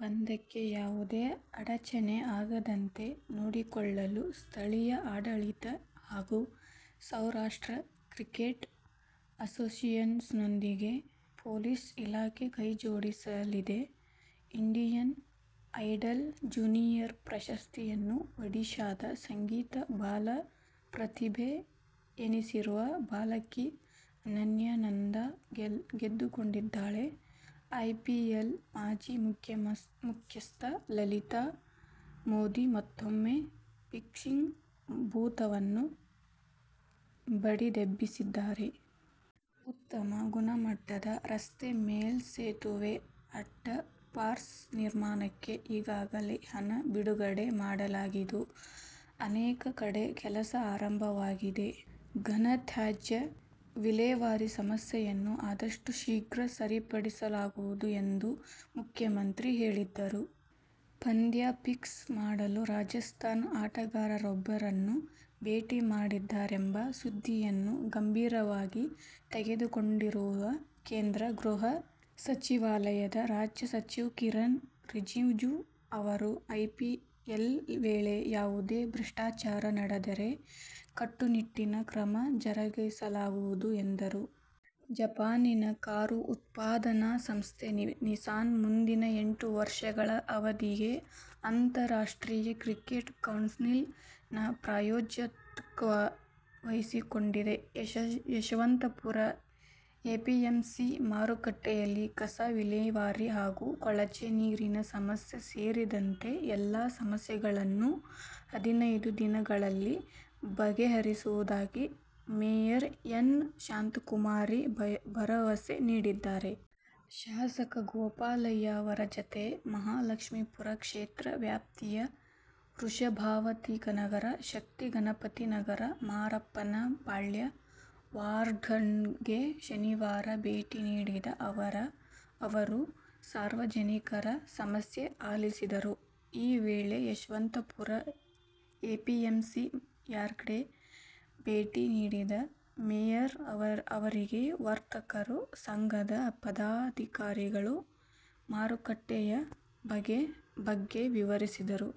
ಪಂದ್ಯಕ್ಕೆ ಯಾವುದೇ ಅಡಚಣೆ ಆಗದಂತೆ ನೋಡಿಕೊಳ್ಳಲು ಸ್ಥಳೀಯ ಆಡಳಿತ ಹಾಗೂ ಸೌರಾಷ್ಟ್ರ ಕ್ರಿಕೆಟ್ ಅಸೋಸಿಯೇಶನ್ನೊಂದಿಗೆ ಪೊಲೀಸ್ ಇಲಾಖೆ ಕೈಜೋಡಿಸಲಿದೆ. ಇಂಡಿಯನ್ ಐಡಲ್ ಜೂನಿಯರ್ ಪ್ರಶಸ್ತಿಯನ್ನು ಒಡಿಶಾದ ಸಂಗೀತ ಬಾಲ ಪ್ರತಿಭೆ ಎನಿಸಿರುವ ಬಾಲಕಿ ಅನನ್ಯಾ ನಂದಾ ಗೆದ್ದುಕೊಂಡಿದ್ದಾಳೆ. ಐಪಿಎಲ್ ಮಾಜಿ ಮುಖ್ಯಸ್ಥ ಲಲಿತ್ ಮೋದಿ ಮತ್ತೂಮ್ಮೆ ಫಿಕ್ಸಿಂಗ್ ಭೂತವನ್ನು ಬಡಿದೆಬ್ಬಿಸಿದ್ದಾರೆ. ಉತ್ತಮ ಗುಣಮಟ್ಟದ ರಸ್ತೆ, ಮೇಲ್ಸೆತುವೆ, ಅಂಡರ್ಪಾಸ್ ನಿರ್ಮಾಣಕ್ಕೆ ಈಗಾಗಲೇ ಹಣ ಬಿಡುಗಡೆ ಮಾಡಲಾಗಿದ್ದು, ಅನೇಕ ಕಡೆ ಕೆಲಸ ಆರಂಭವಾಗಿದೆ. ಘನತ್ಯಾಜ್ಯ ವಿಲೇವಾರಿ ಸಮಸ್ಯೆಯನ್ನು ಆದಷ್ಟು ಶೀಘ್ರ ಸರಿಪಡಿಸಲಾಗುವುದು ಎಂದು ಮುಖ್ಯಮಂತ್ರಿ ಹೇಳಿದರು. ಪಂದ್ಯ ಫಿಕ್ಸ್ ಮಾಡಲು ರಾಜಸ್ಥಾನ ಆಟಗಾರನೊಬ್ಬರನ್ನು ಭೇಟಿ ಮಾಡಿದ್ದಾರೆಂಬ ಸುದ್ದಿಯನ್ನು ಗಂಭೀರವಾಗಿ ತೆಗೆದುಕೊಂಡಿರುವ ಕೇಂದ್ರ ಗೃಹ ಸಚಿವಾಲಯದ ರಾಜ್ಯ ಸಚಿವ ಕಿರಣ್ ರಿಜಿಜು ಅವರು ಐಪಿಎಲ್ ವೇಳೆ ಯಾವುದೇ ಭ್ರಷ್ಟಾಚಾರ ನಡೆದರೆ ಕಟ್ಟುನಿಟ್ಟಿನ ಕ್ರಮ ಜರಗಿಸಲಾಗುವುದು ಎಂದರು. ಜಪಾನಿನ ಕಾರು ಉತ್ಪಾದನಾ ಸಂಸ್ಥೆ ನಿಸಾನ್ ಮುಂದಿನ ಎಂಟು ವರ್ಷಗಳ ಅವಧಿಗೆ ಅಂತಾರಾಷ್ಟ್ರೀಯ ಕ್ರಿಕೆಟ್ ಕೌನ್ಸಿಲ್ ನ ಪ್ರಾಯೋಜಕತ್ವ ವಹಿಸಿಕೊಂಡಿದೆ. ಯಶವಂತಪುರ ಎಪಿಎಂಸಿ ಮಾರುಕಟ್ಟೆಯಲ್ಲಿ ಕಸ ವಿಲೇವಾರಿ ಹಾಗೂ ಕೊಳಚೆ ನೀರಿನ ಸಮಸ್ಯೆ ಸೇರಿದಂತೆ ಎಲ್ಲಾ ಸಮಸ್ಯೆಗಳನ್ನೂ ಹದಿನೈದು ದಿನಗಳಲ್ಲಿ ಬಗೆಹರಿಸುವುದಾಗಿ ಮೇಯರ್ ಎನ್. ಶಾಂತಕುಮಾರಿ ಭರವಸೆ ನೀಡಿದ್ದಾರೆ. ಶಾಸಕ ಗೋಪಾಲಯ್ಯ ಅವರ ಜತೆ ಮಹಾಲಕ್ಷ್ಮೀಪುರ ಕ್ಷೇತ್ರ ವ್ಯಾಪ್ತಿಯ ವೃಷಭಾವತಿನಗರ, ಶಕ್ತಿ ಗಣಪತಿನಗರ, ಮಾರಪ್ಪನ ಪಾಳ್ಯ ವಾರ್ಡ್ಗಳಿಗೆ ಶನಿವಾರ ಭೇಟಿ ನೀಡಿದ ಅವರು ಸಾರ್ವಜನಿಕರ ಸಮಸ್ಯೆ ಆಲಿಸಿದರು. ಈ ವೇಳೆ ಯಶವಂತಪುರ ಎಪಿಎಂಸಿ ಯಾರ್ಡ್ಗೆ ಭೇಟಿ ನೀಡಿದ ಮೇಯರ್ ಅವರಿಗೆ ವರ್ತಕರ ಸಂಘದ ಪದಾಧಿಕಾರಿಗಳು ಮಾರುಕಟ್ಟೆಯ ಬಗ್ಗೆ ವಿವರಿಸಿದರು.